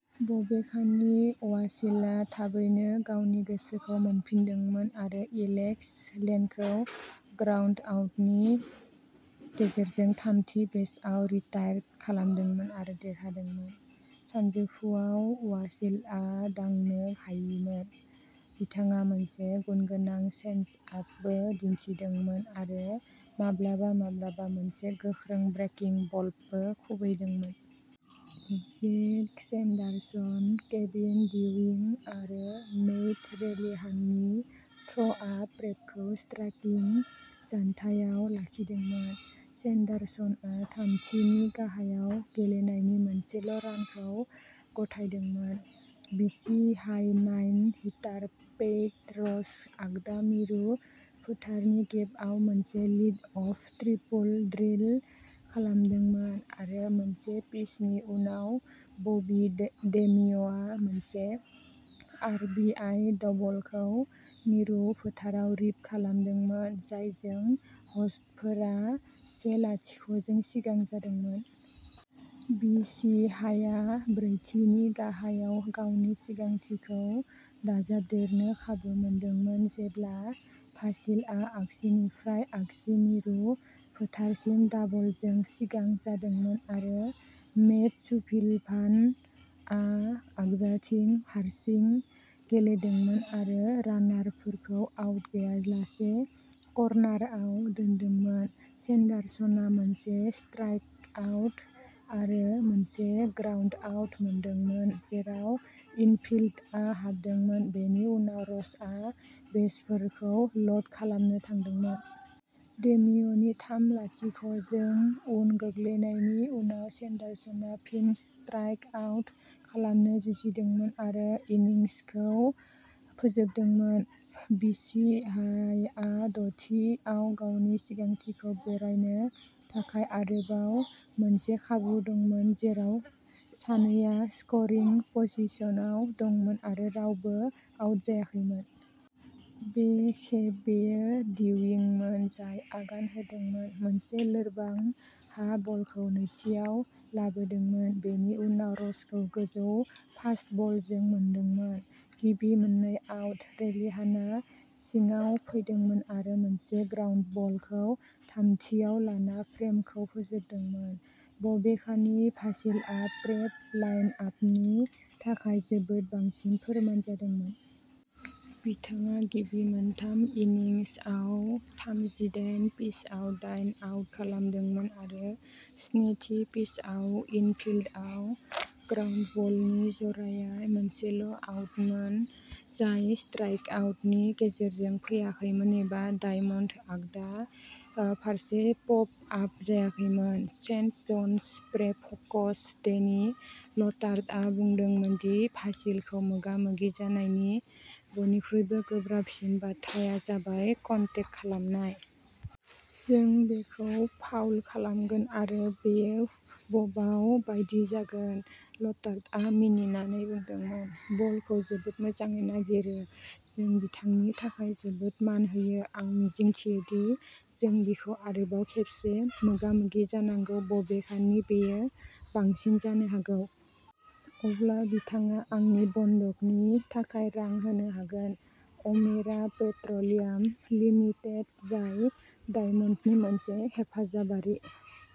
बबेखानि, वासिलआ थाबैनो गावनि गोसोखौ मोनफिनदोंमोन आरो एलेक्स लेनखौ ग्राउन्डआउटनि गेजेरजों थामथि बेसआव रिटायर्ड खालामदोंमोन आरो देरहादोंमोन। सानजौफुआव वासिलआ दांनो हायिमोन। बिथाङा मोनसे गुनगोनां चेन्जआपबो दिन्थिदोंमोन, आरो माब्लाबा-माब्लाबा मोनसे गोख्रों ब्रेकिं बलबो खुबैदोंमोन। जेक सेन्डारसन, केविन डिउइं, आरो मैट रेलिहाननि थ्र'आ प्रेपखौ स्ट्राइकिं जानथायाव लाखिदोंमोन। सेन्डारसनआ थामथि नि गाहायाव गेलेनायनि मोनसेल' रानखौ गथायदोंमोन। BC high nine hitter Pat Roche आगदा मिरु फोथारनि गेपआव मोनसे लिडअफ ट्रिपल ड्रिल खालामदोंमोन, आरो मोनसे पिचनि उनाव बबी डे-डेमिय'आ मोनसे आर बि आइ डबलखौ मिरु फोथाराव रिप खालामदोंमोन, जायजों ह'स्टफोरा से-लाथिख' जों सिगां जादोंमोन। बि सि हाइआ ब्रैथि नि गाहायाव गावनि सिगांथिखौ दाजाबदेरनो खाबु मोनदोंमोन, जेब्ला भासिलआ आगसिनिफ्राय आगसि मिरु फोथारसिम दाबलजों सिगां जादोंमोन आरो मेट सुबिलभानआ आगदाथिं हारसिं गेलेदोंमोन आरो रानारफोरखौ आउट गैयालासे कर्नारआव दोनदोंमोन। सेन्डारसनआ मोनसे स्ट्राइकआउट आरो मोनसे ग्राउन्डआउट मोनदोंमोन, जेराव इनफिल्डआ हाबदोंमोन, बेनि उनाव र'चआ बेसफोरखौ ल'ड खालामनो थांदोंमोन। डेमिय'नि थाम-लाथिख' जों उन गोग्लैनायनि उनाव, सेन्डारसनआ फिन स्ट्राइक आउट खालामनो जुजिदोंमोन आरो इनिंसखौ फोजोबदोंमोन। बि सि हाइआ द'थि आव गावनि सिगांथिखौ बोरायनो थाखाय आरोबाव मोनसे खाबु दंमोन, जेराव सानैआ स्करिं पजिशनाव दंमोन आरो रावबो आउट जायाखैमोन। बे खेब बेयो डिउइंमोन जाय आगान होदोंमोन, मोनसे लोरबां हा बलखौ नैथिआव लाबोदोंमोन, बेनि उनाव रचखौ गोजौ फास्टबलजों मोनदोंमोन। गिबि मोननै आउट। रेलिहानआ सिङाव फैदोंमोन आरो मोनसे ग्राउन्डबलखौ थामथिआव लाना फ्रेमखौ फोजोबदोंमोन। बबेखानि, भासिलआ प्रेप लाइनआपनि थाखाय जोबोद बांसिन फोरमोन जादोंमोन। बिथाङा गिबि मोनथाम इन्निंसआव थामजिदायन पिचआव दाइन आउट खालामदोंमोन आरो स्निथि पिचआव इनफिल्डआव ग्राउन्डबलनि जराया मोनसेल'आउटमोन जाय स्ट्राइकआउटनि गेजेरजों फैयाखैमोन एबा डायमन्ड आगदा फा फारसे पप आप जायाखैमोन। Saint John's Prep coach Danny लेटार्टआ बुंदोंमोन दि भासिलखौ मोगा-मोगि जानायनि बयनिख्रुइबो गोब्राबसिन बाथ्राया जाबाय कन्टेक खालामनाय। जों बेखौ फाउल खालामगोन आरो बेयो बबाव बायदि जागोन। लेटार्टआ मिनिनानै बुंदोंमोन। बलखौ जोबोद मोजाङै नागिरो। जों बिथांनि थाखाय जोबोद मान होयो। आं मिजिंथियोदि जों बिखौ आरोबाव खेबसे मोगा-मोगि जानांगौ बबेखानि बेयो बांसिन जानो हागौ। अब्ला बिथाङा आंनि बन्धकनि थाखाय रां होनो हागोन। अमेरा पेट्र'लियाम लिमिटेड, जाय डायमन्डनि मोनसे हेफाजाबारि।